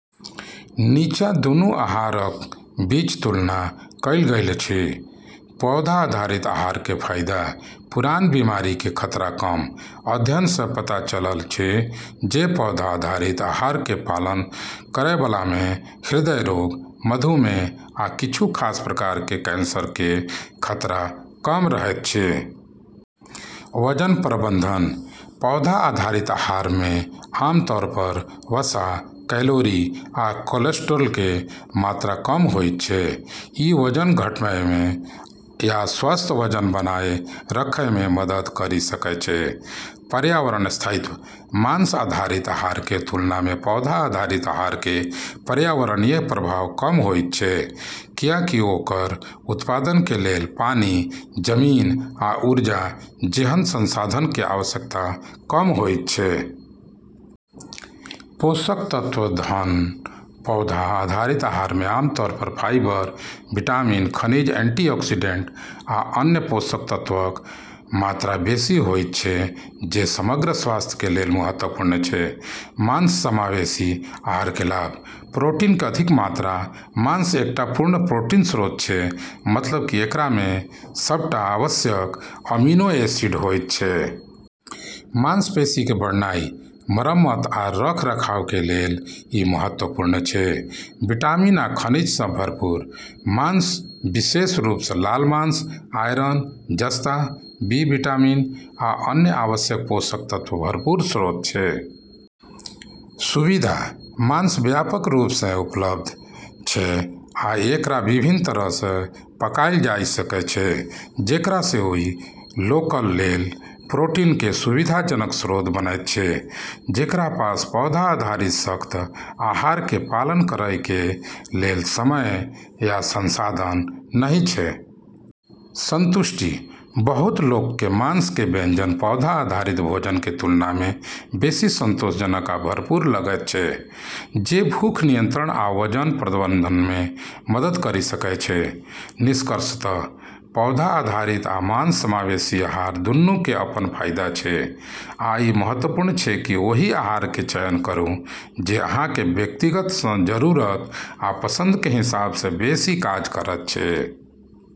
निच्चाँ दुन्नू आहारक बीच तुलना कयल गेल अछि। पौधा आधारित आहारके फाइदा: पुरान बिमारिके खतरा कम: अध्ययनसँ पता चलल अछि जे पौधा आधारित आहारके पालन करयबलामे हृदय रोग, मधुमेह, आ किछु खास प्रकारके कैंसरके खतरा कम रहैत अछि। वजन प्रबंधन: पौधा आधारित आहारमे आमतौर पर वसा, कैलोरी, आ कोलेस्ट्रॉलके मात्रा कम होइत छै। ई वजन घटबैमे या स्वस्थ वजन बनाए रखैमे मदद करि सकै छै। पर्यावरण स्थायित्व: मांस आधारित आहारके तुलनामे पौधा आधारित आहारके पर्यावरणीय प्रभाव कम होइत छै, कियाकि ओकर उत्पादनके लेल पानि, जमीन आ ऊर्जा जेहन संसाधनके आवश्यकता कम होइत छै । पोषक तत्व-घन: पौधा आधारित आहारमे आमतौर पर फाइबर, विटामिन, खनिज, एंटीऑक्सीडेंट, आ अन्य पोषक तत्वक मात्रा बेशी होइत छै जे समग्र स्वास्थ्यके लेल महत्वपूर्ण छै । मांस समावेशी आहारके लाभ: प्रोटीनके अधिक मात्रा: मांस एकटा पूर्ण प्रोटीन स्रोत छै, मतलब कि एकरामे सबटा आवश्यक अमीनो एसिड होइत छै. मांसपेशीके बढ़नाइ, मरम्मत आ रखरखावके लेल ई महत्वपूर्ण छै । विटामिन आ खनिजसँ भरपूर: मांस, विशेष रूपसँ लाल मांस, आयरन, जस्ता, बी विटामिन, आ अन्य आवश्यक पोषक तत्वक भरपूर स्रोत छै । सुविधा: मांस व्यापक रूपसँ उपलब्ध छै आ एकरा विभिन्न तरहसँ पकाएल जा सकै छै, जेकरासँ ओइ लोकक लेल प्रोटीनके सुविधाजनक स्रोत बनैत छै, जेकरा पास पौधा आधारित सख्त आहारके पालन करैके लेल समय या संसाधन नहि छै । संतुष्टि: बहुत लोकके मांसके व्यंजन पौधा आधारित भोजनके तुलनामे बेशी संतोषजनक आ भरपूर लगैत छै, जे भूख नियंत्रण आ वजन प्रबंधनमे मदद करि सकै छै । निष्कर्षतः, पौधा आधारित आ मांस-समावेशी आहार दुन्नुके अपन फाइदा छै, आ ई महत्वपूर्ण छै कि ओहि आहारके चयन करू जे अहाँके व्यक्तिगत जरूरत आ पसंदके हिसाबसँ बेशी काज करैत छै।